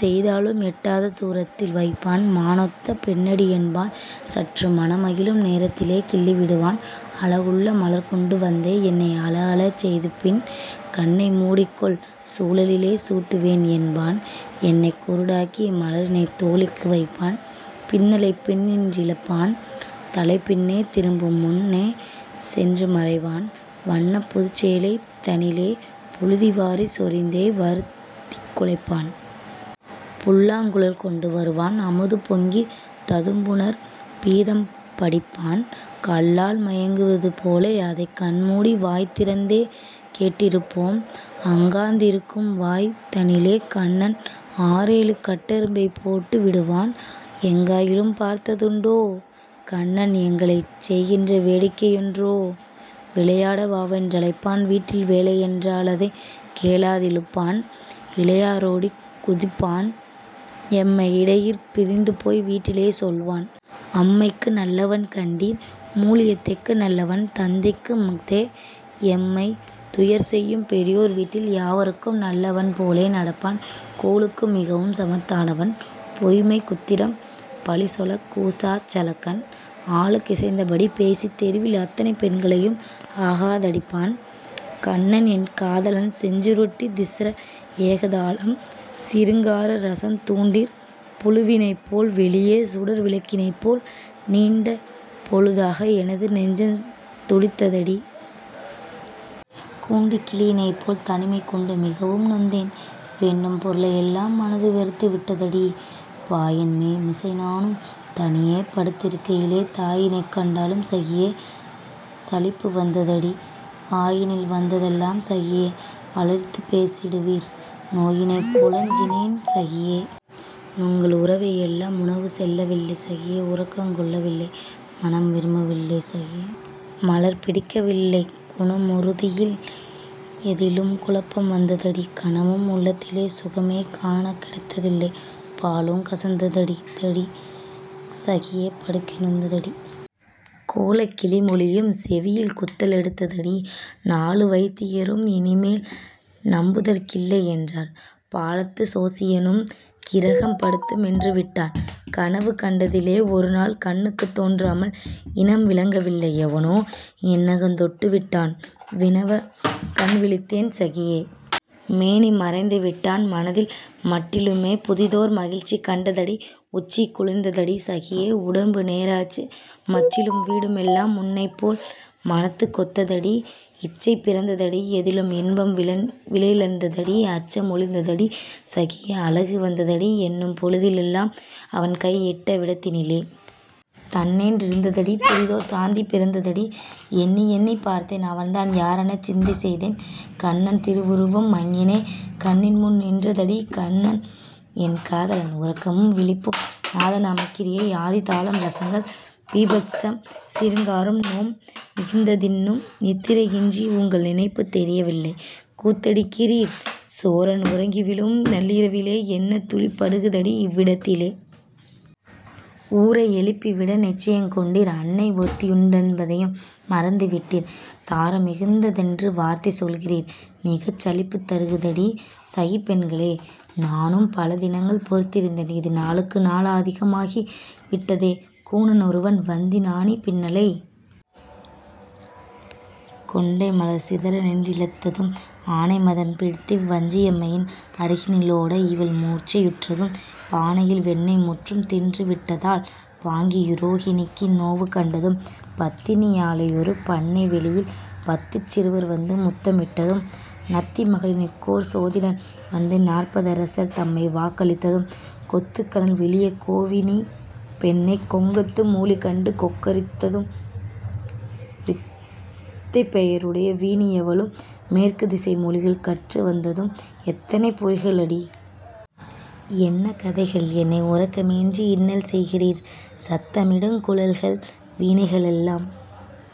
செய்தாலும் எட்டாத தூரத்தில் வைப்பான்; மானொத்த பெண்ணடி என்பான் சற்று மனமகிழும் நேரத்தி லேகிள்ளி விடுவான்; அழகுள்ள மலர்கொண்டு வந்தே என்னை அழஅழச் செய்துபின், ''கண்ணை மூடிக்கொள்; சூழலிலே சூட்டுவேன்'' என்பான் என்னைக் குருடாக்கி மலரினைத் தோழிக்கு வைப்பான். பின்னலைப் பின்னின் றிழுப்பான்; தலை பின்னே திரும்புமுன் னேசென்று மறைவான்; வன்னப் புதுச்சேலை தனிலே புழுதி வாரிச் சொரிந்தே வருத்திக் குலைப்பான். புல்லாங் குழல்கொண்டு வருவான்; அமுது பொங்கித் ததும்புநற் பீதம் படிப்பான்; கள்ளால் மயங்குவது போலே அதைக் கண்மூடி வாய்திறந் தேகேட் டிருப்போம். அங்காந் திருக்கும்வாய் தனிலே கண்ணன் ஆறேழு கட்டெறும் பைப்போட்டு விடுவான்; எங்காகிலும் பார்த்த துண்டோ? கண்ணன் எங்களைச் செய்கின்ற வேடிக்கை யொன்றோ? விளையாட வாவென் றழைப்பான்; வீட்டில் வேலையென் றாலதைக் கேளா திழுப்பான்; இளையாரொ டாடிக் குதிப்பான்; எம்மை இடையிற் பிரிந்துபோய் வீட்டிலே சொல்வான். அம்மைக்கு நல்லவன் கண்டீர்! மூளி அத்தைக்கு நல்லவன், தந்தைக்கு மஃதே, எம்மைத் துயர்செய்யும் பெரியோர் வீட்டில் யாவர்க்கும் நல்லவன் போலே நடப்பான். கோளுக்கு மிகவும் சமர்த்தானவன்; பொய்ம்மை குத்திரம் பழிசொலக் கூசாச் சழக்கன்; ஆளுக் கிசைந்தபடி பேசித் தெருவில் அத்தனை பெண்களையும் ஆகா தடிப்பான்.. கண்ணன் என் காதலன் செஞ்சுருட்டி திஸ்ர ஏக தாளம் சிருங்கார ரசம் தூண்டிற் புழுவினைப்போல் வெளியே சுடர் விளக்கினைப் போல், நீண்ட பொழுதாக எனது நெஞ்சந் துடித்த தடீ! கூண்டுக் கிளியினைப் போல் தனிமை கொண்டு மிகவும் நொந்தேன்; வேண்டும் பொருளை யெல்லாம் மனது வெறுத்து விட்டதடீ!. பாயின் மிசை நானும் தனியே படுத் திருக்கை யிலே, தாயினைக் கண்டாலும் சகியே! சலிப்பு வந்த தடீ! வாயினில் வந்ததெல்லாம் சகியே! வளர்த்துப் பேசிடுவீர்; நோயினைப் போலஞ் சினேன்; சகியே! நுங்க ளுறவை யெல் லாம். உணவு செல்லவில்லை; சகியே! உறக்கங் கொள்ளவில்லை. மணம் விரும்பவில்லை; சகியே! மலர் பிடிக்க வில்லை; குண முறுதி யில்லை; எதிலும் குழப்பம் வந்த தடீ! கணமும் உளத்திலே சுகமே காணக் கிடைத்ததில்லை. பாலுங் கசந்தடீ தடீ! சகியே! படுக்கை நொந்த தடீ! கோலக் கிளிமொழியும் செவியில் குத்த லெடுத்த தடீ! நாலு வயித்தியரும் இனிமேல் நம்புதற் கில்லை யென்றார்; பாலத்துச் சோசியனும் கிரகம் படுத்து மென்று விட்டான். கனவு கண்டதிலே ஒருநாள் கண்ணுக்குத் தோன்றாமல், இனம் விளங்க வில்லை எவனோ என்னகந் தொட்டு விட்டான். வினவக் கண்விழித்தேன்; சகியே! மேனி மறைந்து விட்டான்; மனதில் மட்டிலுமே புதிதோர் மகிழ்ச்சி கண்டதடீ!. உச்சி குளிர்ந்ததடீ! சகியே! உடம்பு நேராச்சு, மச்சிலும் வீடுமெல்லாம் முன்னைப்போல் மனத்துக் கொத்தடீ! இச்சை பிறந்ததடீ! எதிலும் இன்பம் விளைளந்ததடீ! அச்ச மொழிந்ததடீ! சகியே! அழகு வந்ததடீ! எண்ணும் பொழுதி லெல்லாம் அவன்கை இட்ட விடத்தினிலே! தண்ணென் றிருந்ததடீ! புதிதோர் சாந்தி பிறந்ததடீ! எண்ணி யெண்ணிப் பார்த்தேன்; அவன்தான் யாரெனச் சிந்தை செய்தேன்; கண்ணன் திருவுருவம் அங்ஙனே கண்ணின் முன் நின்றதடீ!.. கண்ணன் என் காதலன் உறக்கமும் விழிப்பும் நாதநாமக்கிரியை ஆதி தாளம் ரசங்கள்: பீபத்ஸம், சிருங்காரம். நோம் மிகுந்ததின்னும் நித்திரையின்றி உங்கள் நினைப்புத் தெரியவில்லை, கூத்தடிக்கிறீர்; சோரன் உறங்கிவிழும் நள்ளிரவிலே என்ன தூளி படுகுதடி, இவ்விடத்திலே. ஊரை யெழுப்பிவிட நிச்சயங் கொண்டீர்! அன்னை ஒருத்தியுண் டென்பதையும் மறந்து விட்டீர்; சாரம் மிகுந்த தென்று வார்த்தை சொல்கிறீர், மிகச் சலிப்புத் தருகுதடி சகிப் பெண்களே!. நானும் பல தினங்கள் பொறுத்திருந்தேன் இது நாளுக்கு நாளதிக மாகி விட்டதே; கூன னொருவன் வந்திந் நாணி பின்னலைக் கொண்டை மலர்சிதற நின்றிழுத்ததும், ஆனைமதம் பிடித்திவ் வஞ்சி யம்மையின்; அருகினி லோட இவள் மூர்ச்சை யுற்றதும், பானையில் வெண்ணெய் முற்றும் தின்றுவிட்டதால் பாங்கி யுரோகிணிக்கு நோவு கண்டதும், பத்தினி யாளையொரு பண்ணை வெளியில் பத்துச் சிறுவர் வந்து முத்தமிட்டதும், நத்தி மகளினுக்கோர் சோதிடன் வந்து நாற்ப தரசர் தம்மை வாக்களித்ததும், கொத்துக் கனல் விழியக் கோவினிப் பெண்ணைக் கொங்கத்து மூளிகண்டு கொக்கரித்தும், வித்தைப் பெயருடைய வீணியவளும் மேற்குத் திசை மொழிகள் கற்று வந்ததும், எத்தனை பொய்களடி! என்ன கதைகள்! என்னை உறக்கமின்றி இன்னல் செய்கிறீர்! சத்தமிடுங் குழல்கள் வீணைக ளெல்லாம்।